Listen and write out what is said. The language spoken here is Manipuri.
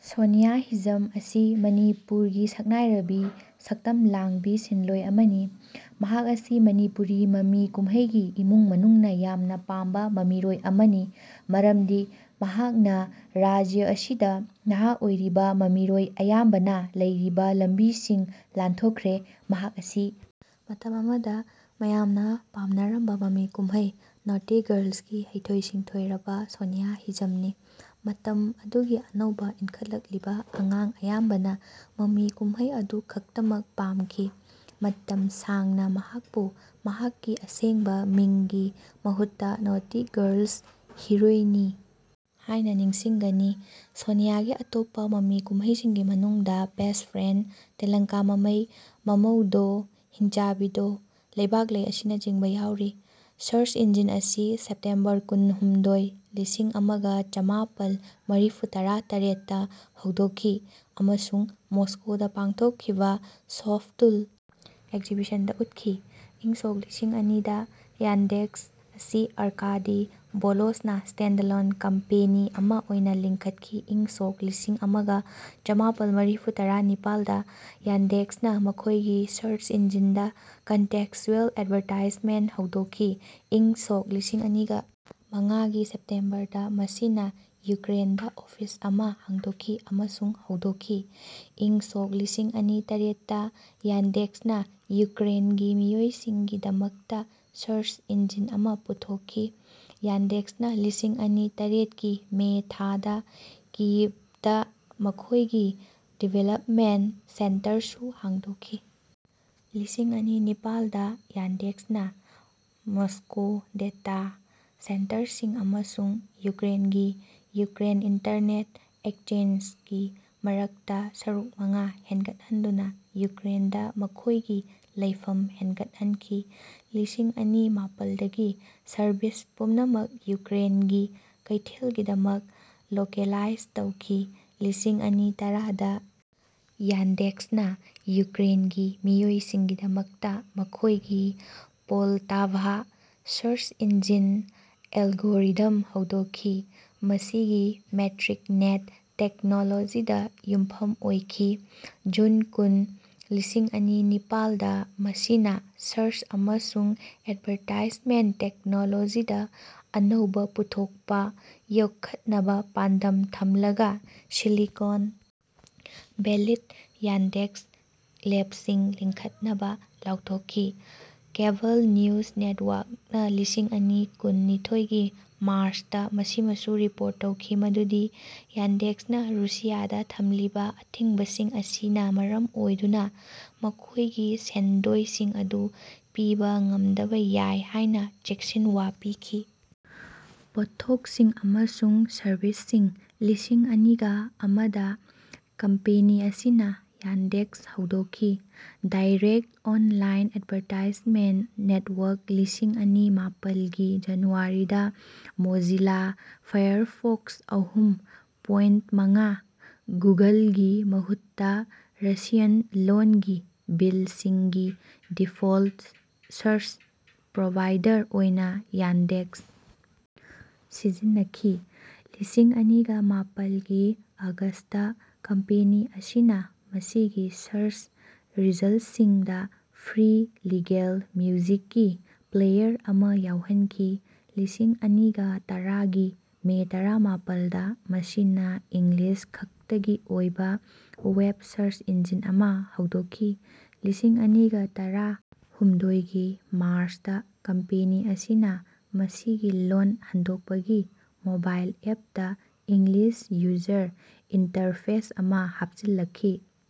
ꯁꯣꯅꯤꯌꯥ ꯍꯤꯖꯝ ꯑꯁꯤ ꯃꯅꯤꯄꯨꯔꯒꯤ ꯁꯛꯅꯥꯢꯔꯕꯤ ꯁꯛꯇꯝ ꯂꯥꯡꯕꯤ ꯁꯤꯟꯂꯣꯢ ꯑꯃꯅꯤ꯫ ꯃꯍꯥꯛ ꯑꯁꯤ ꯃꯅꯤꯄꯨꯔꯤ ꯃꯃꯤ ꯀꯨꯝꯍꯩꯒꯤ ꯏꯃꯨꯡ ꯃꯅꯨꯡꯅ ꯌꯥꯝꯅ ꯄꯥꯝꯕ ꯃꯃꯤꯔꯣꯏ ꯑꯃꯅꯤ ꯃꯔꯝꯗꯤ ꯃꯍꯥꯛꯅ ꯔꯥꯖ꯭ꯌ ꯑꯁꯤꯗ ꯅꯍꯥ ꯑꯣꯏꯔꯤꯕ ꯃꯃꯤꯔꯣꯏ ꯑꯌꯥꯝꯕꯅ ꯂꯩꯔꯤꯕ ꯂꯝꯕꯤꯁꯤꯡ ꯂꯥꯟꯊꯣꯛꯈ꯭ꯔꯦ꯫ ꯃꯍꯥꯛ ꯑꯁꯤ ꯃꯇꯝ ꯑꯃꯗ ꯃꯌꯥꯝꯅ ꯄꯥꯝꯅꯔꯝꯕ ꯃꯃꯤ ꯀꯨꯝꯍꯩ "ꯅꯣꯇꯤ ꯒꯔꯜ꯭ꯁ"ꯒꯤ ꯍꯩꯊꯣꯏ ꯁꯤꯡꯊꯣꯏꯔꯕ ꯁꯣꯅꯤꯌꯥ ꯍꯤꯖꯝꯅꯤ꯫ ꯃꯇꯝ ꯑꯗꯨꯒꯤ ꯑꯅꯧꯕ ꯏꯟꯈꯠꯂꯛꯂꯤꯕ ꯑꯉꯥꯡ ꯑꯌꯥꯝꯕꯅ ꯃꯃꯤ ꯀꯨꯝꯍꯩ ꯑꯗꯨ ꯈꯛꯇꯃꯛ ꯄꯥꯝꯈꯤ꯫ ꯃꯇꯝ ꯁꯥꯡꯅ ꯃꯍꯥꯛꯄꯨ ꯃꯍꯥꯛꯀꯤ ꯑꯁꯦꯡꯕ ꯃꯤꯡꯒꯤ ꯃꯍꯨꯠꯇ "ꯅꯣꯇꯤ ꯒꯔꯜꯁ ꯍꯤꯔꯣꯏꯅꯤ" ꯍꯥꯏꯅ ꯅꯤꯡꯁꯤꯡꯒꯅꯤ꯫ ꯁꯣꯅꯤꯌꯥꯒꯤ ꯑꯇꯣꯞꯄ ꯃꯃꯤ ꯀꯨꯝꯍꯩꯁꯤꯡꯒꯤ ꯃꯅꯨꯡꯗ ꯕꯦꯁ꯭ꯠ ꯐ꯭ꯔꯦꯟꯗ, ꯇꯦꯂꯪꯀꯥ ꯃꯃꯩ, ꯃꯃꯧꯗꯣ ꯍꯤꯟꯆꯥꯕꯤꯗꯣ, ꯂꯩꯕꯥꯛꯂꯩ ꯑꯁꯤꯅꯆꯤꯡꯕ ꯌꯥꯎꯔꯤ꯫ ꯁꯔꯆ ꯏꯟꯖꯤꯟ ꯑꯁꯤ ꯁꯦꯞꯇꯦꯝꯕꯔ ꯀꯨꯟ - ꯍꯨꯝꯗꯣꯏ, ꯂꯤꯁꯤꯡ ꯑꯃꯒ ꯆꯃꯥꯄꯜ ꯃꯔꯤꯐꯨꯇꯔꯥ ꯇꯔꯦꯠꯇ ꯍꯧꯗꯣꯛꯈꯤ, ꯑꯃꯁꯨꯡ ꯃꯣꯁꯀꯣꯗ ꯄꯥꯡꯊꯣꯛꯈꯤꯕ ꯁꯣꯐꯇꯨꯜ ꯑꯦꯛꯖꯤꯕꯤꯁꯟꯗ ꯎꯠꯈꯤ꯫ ꯏꯪ ꯁꯣꯛ ꯂꯤꯁꯤꯡ ꯑꯅꯤꯗ ꯌꯥꯟꯗꯦꯛꯁ ꯑꯁꯤ ꯑꯔꯀꯥꯗꯤ ꯚꯣꯂꯣꯖꯅ ꯁ꯭ꯇꯦꯟꯗꯂꯣꯟ ꯀꯝꯄꯦꯅꯤ ꯑꯃ ꯑꯣꯏꯅ ꯂꯤꯡꯈꯠꯈꯤ꯫ ꯏꯪ ꯁꯣꯛ ꯂꯤꯁꯤꯡ ꯑꯃꯒ ꯆꯃꯥꯄꯜ ꯃꯔꯤꯐꯨꯇꯔꯥ ꯅꯤꯄꯥꯜꯗ ꯌꯥꯟꯗꯦꯛꯁꯅ ꯃꯈꯣꯏꯒꯤ ꯁꯔꯆ ꯏꯟꯖꯤꯟꯗ ꯀꯟꯇꯦꯛꯁꯆꯨꯑꯦꯜ ꯑꯦꯗꯚꯔꯇꯥꯏꯖꯃꯦꯟꯠ ꯍꯧꯗꯣꯛꯈꯤ꯫ ꯏꯪ ꯁꯣꯛ ꯂꯤꯁꯤꯡ ꯑꯅꯤꯒ ꯃꯉꯥꯒꯤ ꯁꯦꯞꯇꯦꯝꯕꯔꯗ ꯃꯁꯤꯅ ꯌꯨꯀ꯭ꯔꯦꯟꯗ ꯑꯣꯐꯤꯁ ꯑꯃ ꯍꯥꯡꯗꯣꯛꯈꯤ ꯑꯃꯁꯨꯡ ꯍꯧꯗꯣꯛꯈꯤ꯫ ꯏꯪ ꯁꯣꯛ ꯂꯤꯁꯤꯡ ꯑꯅꯤ ꯇꯔꯦꯠꯇ ꯌꯥꯟꯗꯦꯛꯁꯅ ꯌꯨꯀ꯭ꯔꯦꯟꯒꯤ ꯃꯤꯑꯣꯏꯁꯤꯡꯒꯤ ꯗꯃꯛꯇ ꯁꯔꯆ ꯏꯟꯖꯤꯟ ꯑꯃ ꯄꯨꯊꯣꯛꯈꯤ꯫ ꯌꯥꯟꯗꯦꯛꯁꯅ ꯂꯤꯁꯤꯡ ꯑꯅꯤ ꯇꯔꯦꯠꯀꯤ ꯃꯦ ꯊꯥꯗ ꯀꯤꯌꯤꯚꯇ ꯃꯈꯣꯏꯒꯤ ꯗꯤꯕ꯭ꯂꯞꯃꯦꯟꯠ ꯁꯦꯟꯇꯔꯁꯨ ꯍꯥꯡꯗꯣꯛꯈꯤ꯫ ꯂꯤꯁꯤꯡ ꯑꯅꯤ ꯅꯤꯄꯥꯜꯗ ꯌꯥꯟꯗꯦꯛꯁꯅ ꯃꯁ꯭ꯀꯣ ꯗꯦꯇꯥ ꯁꯦꯟꯇꯔꯁꯤꯡ ꯑꯃꯁꯨꯡ ꯌꯨꯀ꯭ꯔꯦꯟꯒꯤ ꯌꯨꯀ꯭ꯔꯦꯟ ꯏꯟꯇꯔꯅꯦꯠ ꯑꯦꯛꯆꯦꯟꯖ ꯀꯤ ꯃꯔꯛꯇ ꯁꯔꯨꯛ ꯃꯉꯥ ꯍꯦꯟꯒꯠꯍꯟꯗꯨꯅ ꯌꯨꯀ꯭ꯔꯦꯟꯗ ꯃꯈꯣꯏꯒꯤ ꯂꯩꯐꯝ ꯍꯦꯟꯒꯠꯍꯟꯈꯤ꯫ ꯂꯤꯁꯤꯡ ꯑꯅꯤ ꯃꯥꯄꯜꯗꯒꯤ ꯁꯔꯚꯤꯁ ꯄꯨꯝꯅꯃꯛ ꯌꯨꯀ꯭ꯔꯦꯟꯒꯤ ꯀꯩꯊꯦꯜꯒꯤꯗꯃꯛ ꯂꯣꯀꯦꯂꯥꯏꯖ ꯇꯧꯈꯤ꯫ ꯂꯤꯁꯤꯡ ꯑꯅꯤ ꯇꯔꯥꯗ ꯌꯥꯟꯗꯦꯛꯁꯅ ꯌꯨꯀ꯭ꯔꯦꯟꯒꯤ ꯃꯤꯑꯣꯏꯁꯤꯡꯒꯤꯗꯃꯛꯇ ꯃꯈꯣꯏꯒꯤ " ꯄꯣꯜꯇꯥꯚꯥ " ꯁꯔꯆ ꯏꯟꯖꯤꯟ ꯑꯦꯜꯒꯣꯔꯤꯊꯝ ꯍꯧꯗꯣꯛꯈꯤ꯫ ꯃꯁꯤꯒꯤ ꯃꯦꯇ꯭ꯔꯤꯛ ꯅꯦꯠ ꯇꯦꯛꯅꯣꯂꯣꯖꯤꯗ ꯌꯨꯝꯐꯝ ꯑꯣꯏꯈꯤ꯫ ꯖꯨꯟ ꯀꯨꯟ, ꯂꯤꯁꯤꯡ ꯑꯅꯤ ꯅꯤꯄꯥꯥꯜꯗ ꯃꯁꯤꯅ "ꯁꯔꯆ ꯑꯃꯁꯨꯡ ꯑꯦꯗꯚꯔꯇꯥꯏꯖꯃꯦꯟꯠ ꯇꯦꯛꯅꯣꯂꯣꯖꯤꯗ ꯑꯅꯧꯕ ꯄꯨꯊꯣꯛꯄ" ꯌꯣꯛꯈꯠꯅꯕ ꯄꯥꯟꯗꯝ ꯊꯝꯂꯒ ꯁꯤꯂꯤꯀꯣꯟ ꯚꯦꯂꯤꯗ ꯌꯥꯟꯗꯦꯛꯁ ꯂꯦꯕꯁꯤꯡ ꯂꯤꯡꯈꯠꯅꯕ ꯂꯥꯎꯊꯣꯛꯈꯤ꯫ ꯀꯦꯕꯜ ꯅ꯭ꯌꯨꯁ ꯅꯦꯠꯋ꯭ꯔꯛꯅ ꯂꯤꯁꯤꯡ ꯑꯅꯤ ꯀꯨꯟ ꯅꯤꯊꯣꯢꯒꯤ ꯃꯥꯔꯆꯇ ꯃꯁꯤꯃꯁꯨ ꯔꯤꯄꯣꯔꯠ ꯇꯧꯈꯤ ꯃꯗꯨꯗꯤ ꯌꯥꯟꯗꯦꯛꯁꯅ ꯔꯨꯁꯤꯌꯥꯗ ꯊꯝꯂꯤꯕ ꯑꯊꯤꯡꯕꯁꯤꯡ ꯑꯁꯤꯅ ꯃꯔꯝ ꯑꯣꯏꯗꯨꯅ ꯃꯈꯣꯏꯒꯤ ꯁꯦꯟꯗꯣꯏꯁꯤꯡ ꯑꯗꯨ ꯄꯤꯕ ꯉꯝꯗꯕ ꯌꯥꯏ ꯍꯥꯏꯅ ꯆꯦꯛꯁꯤꯟꯋꯥ ꯄꯤꯈꯤ꯫ ꯄꯣꯠꯊꯣꯛꯁꯤꯡ ꯑꯃꯁꯨꯡ ꯁꯔꯕꯤꯁꯁꯤꯡ ꯂꯤꯁꯤꯡ ꯑꯅꯤꯒ ꯑꯃꯗ ꯀꯝꯄꯦꯅꯤ ꯑꯁꯤꯅ ꯌꯥꯟꯗꯦꯛꯁ ꯍꯧꯗꯣꯛꯈꯤ꯫ ꯗꯥꯏꯔꯦꯛꯠ ꯑꯣꯟꯂꯥꯏꯟ ꯑꯦꯗꯚꯔꯇꯥꯏꯖꯃꯦꯟꯠ ꯅꯦꯠꯋ꯭ꯔꯛ ꯂꯤꯁꯤꯡ ꯑꯅꯤ ꯃꯥꯄꯜꯒꯤ ꯖꯅꯨꯋꯥꯔꯤꯗ ꯃꯣꯖꯤꯂꯥ ꯐꯥꯏꯔꯐꯣꯛꯁ ꯑꯍꯨꯝ ꯄꯣꯏꯟꯠ ꯃꯉꯥ, ꯒꯨꯒꯜꯒꯤ ꯃꯍꯨꯠꯇ ꯔꯁꯤꯌꯥꯟ ꯂꯣꯟꯒꯤ ꯕꯤꯜꯗꯁꯤꯡꯒꯤ ꯗꯤꯐꯣꯜꯠ ꯁꯔꯆ ꯄ꯭ꯔꯣꯚꯥꯏꯗꯔ ꯑꯣꯏꯅ ꯌꯥꯟꯗꯦꯛꯁ ꯁꯤꯖꯤꯟꯅꯈꯤ꯫ ꯂꯤꯁꯤꯡ ꯑꯅꯤꯒ ꯃꯥꯄꯜꯒꯤ ꯑꯒꯁꯇ ꯀꯝꯄꯦꯅꯤ ꯑꯁꯤꯅ ꯃꯁꯤꯒꯤ ꯁꯔꯆ ꯔꯤꯖꯜꯠꯁꯤꯡꯗ ꯐ꯭ꯔꯤ ꯂꯤꯒꯦꯜ ꯃ꯭ꯌꯨꯖꯤꯛꯀꯤ ꯄ꯭ꯂꯦꯌꯔ ꯑꯃ ꯌꯥꯎꯍꯟꯈꯤ꯫ ꯂꯤꯁꯤꯡ ꯑꯅꯤꯒ ꯇꯔꯥꯒꯤ ꯃꯦ ꯇꯔꯥꯃꯥꯄꯜꯗ ꯃꯁꯤꯅ ꯏꯪꯂꯤꯁ ꯈꯛꯇꯒꯤ ꯑꯣꯏꯕ ꯋꯦꯕ ꯁꯔꯆ ꯏꯟꯖꯤꯟ ꯑꯃ ꯍꯧꯗꯣꯛꯈꯤ꯫ ꯂꯤꯁꯤꯡ ꯑꯅꯤꯒ ꯇꯔꯥ ꯍꯨꯝꯗꯣꯏꯒꯤ ꯃꯥꯔꯆꯇ ꯀꯝꯄꯦꯅꯤ ꯑꯁꯤꯅ ꯃꯁꯤꯒꯤ ꯂꯣꯟ ꯍꯟꯗꯣꯛꯄꯒꯤ ꯃꯣꯕꯥꯏꯜ ꯑꯦꯞꯇ ꯏꯪꯂꯤꯁ ꯌꯨꯖꯔ ꯏꯟꯇꯔꯐꯦꯁ ꯑꯃ ꯍꯥꯞꯆꯤꯜꯂꯛꯈꯤ꯫